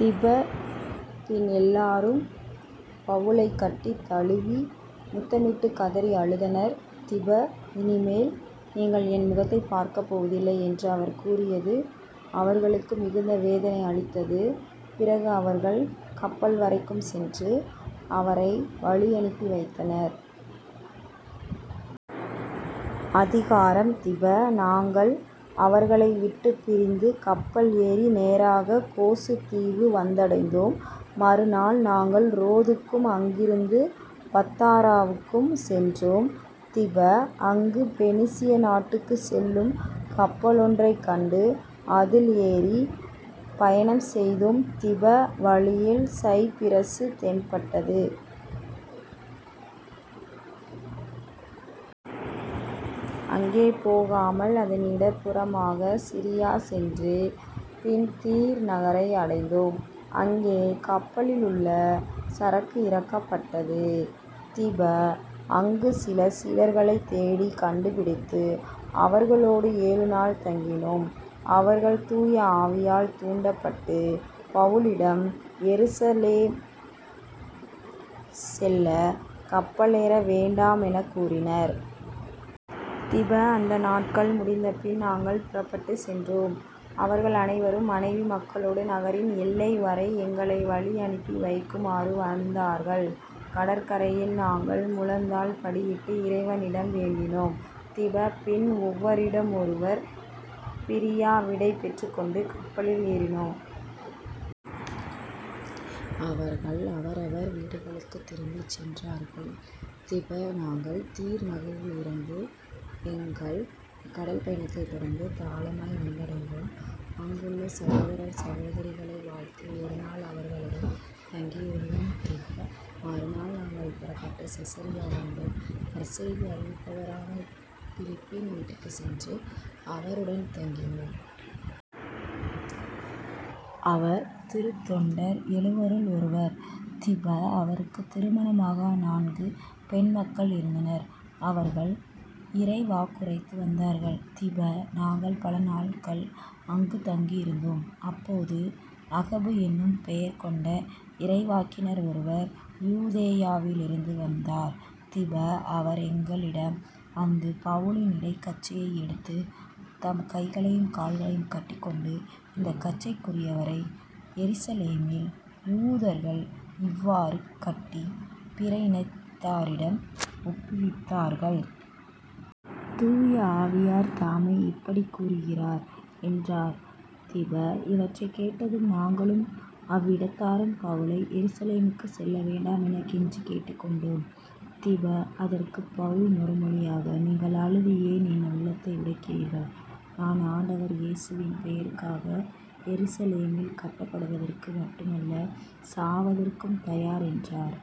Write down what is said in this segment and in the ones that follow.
திப. பின் எல்லாரும் பவுலைக் கட்டித் தழுவி முத்தமிட்டுக் கதறி அழுதனர். திப. " இனி மேல் நீங்கள் என் முகத்தைப் பார்க்கப் போவதில்லை " என்று அவர் கூறியது அவர்களுக்கு மிகுந்த வேதனை அளித்தது. பிறகு அவர்கள் கப்பல்வரைக்கும் சென்று அவரை வழியனுப்பி வைத்தனர்.. அதிகாரம் திப. நாங்கள் அவர்களை விட்டுப் பிரிந்து கப்பல் ஏறி நேராகக் கோசு தீவு வந்தடைந்தோம். மறு நாள் நாங்கள் ரோதுக்கும் அங்கிருந்து பத்தாராவுக்கும் சென்றோம். திப. அங்கு பெனிசிய நாட்டுக்குச் செல்லும் கப்பலொன்றைக் கண்டு அதில் ஏறிப் பயணம் செய்தோம். திப. வழியில் சைப்பிரசு தென்பட்டது. அங்கே போகாமல் அதன் இடப் புறமாக சிரியா சென்று பின் தீர் நகரை அடைந்தோம். அங்கே கப்பலிலுள்ள சரக்கு இறக்கப்பட்டது. திப. அங்குச் சில சீடர்களைத் தேடிக் கண்டுபிடித்து அவர்களோடு ஏழு நாள் தங்கினோம். அவர்கள் தூய ஆவியால் தூண்டப்பட்டு பவுலிடம் எருசலேம் செல்லக் கப்பலேற வேண்டாமெனக் கூறினர். திப. அந்த நாள்கள் முடிந்தபின் நாங்கள் புறப்பட்டுச் சென்றோம். அவர்கள் அனைவரும் மனைவி மக்களோடு நகரின் எல்லை வரை எங்களை வழி அனுப்பி வைக்குமாறு வந்தார்கள். கடற்கரையில் நாங்கள் முழந்தாள் படியிட்டு இறைவனிடம் வேண்டினோம். திப. பின் ஒவ்வரிடமொருவர் பிரியா விடை பெற்றுக் கொண்டு கப்பலில் ஏறினோம். அவர்கள் அவரவர் வீடுகளுக்குத் திரும்பிச் சென்றார்கள். திப. நாங்கள் தீர் நகிலிருந்து எங்கள் கடல் பயணத்தைத் தொடர்ந்து தாலமாய் வந்தடைந்தோம். அங்குள்ள சகோதரர் சகோதரிகளை வாழ்த்தி ஒரு நாள் அவர்களுடன் தங்கியிருந்தோம். திப. மறுநாள் நாங்கள் புறப்பட்டுச் செசரியா வந்தோம். நற்செய்தி அறிவிப்பவரான பிலிப்பின் வீட்டுக்குச் சென்று அவருடன் தங்கினோம். அவர் திருத்தொண்டர் எழுவருள் ஒருவர். திப. அவருக்குத் திருமணமாகா நான்கு பெண் மக்கள் இருந்தனர். அவர்கள் இறைவாக்குரைத்து வந்தார்கள். திப. நாங்கள் பல நாள்கள் அங்குத் தங்கியிருந்தோம். அப்போது அகபு என்னும் பெயர் கொண்ட இறைவாக்கினர் ஒருவர் யூதேயாவிலிருந்து வந்தார். திப. அவர் எங்களிடம் வந்து பவுலின் இடைக் கச்சையை எடுத்து தம் கைகளையும் கால்களையும் கட்டிக் கொண்டு " இந்தக் கச்சைக்குரியவரை எருசலேமில் யூதர்கள் இவ்வாறு கட்டிப் பிற இனத்தாரிடம் ஒப்புவித்தார்கள். தூய ஆவியார்தாமே இப்படிக் கூறுகிறார் " என்றார். திப. இவற்றைக் கேட்டதும் நாங்களும் அவ்விடத்தாரும் பவுலை எருசலேமுக்குச் செல்ல வேண்டாமெனக் கெஞ்சிக் கேட்டுக் கொண்டோ ம். திப. அதற்குப் பவுல் மறுமொழியாக " நீங்கள் அழுது ஏன் என் உள்ளத்தை உடைக்கிறீர்கள்? நான் ஆண்டவர் இயேசுவின் பெயருக்காக எருசலேமில் கட்டப்படுவதற்கு மட்டுமல்ல சாவதற்கும் தயார் " என்றார்.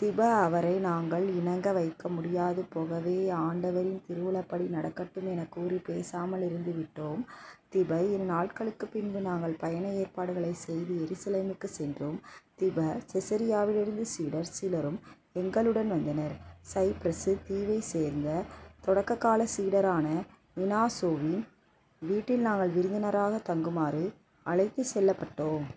திப. அவரை நாங்கள் இணங்க வைக்க முடியாது போகவே " ஆண்டவரின் திருவுளப்படி நடக்கட்டும் " எனக்கூறிப் பேசாமலிருந்து விட்டோ ம். திப. இந்நாள்களுக்குப் பின்பு நாங்கள் பயண ஏற்பாடுகளைச் செய்து எருசலேமுக்குச் சென்றோம். திப. செசரியாவிலிருந்து சீடர் சிலரும் எங்களுடன் வந்தனர். சைப்பிரசு தீவைச் சேர்ந்த தொடக்க காலச் சீடரான மினாசோவின் வீட்டில் நாங்கள் விருந்தினராகத் தங்குமாறு அழைத்துச் செல்லப்பட்டோ ம்.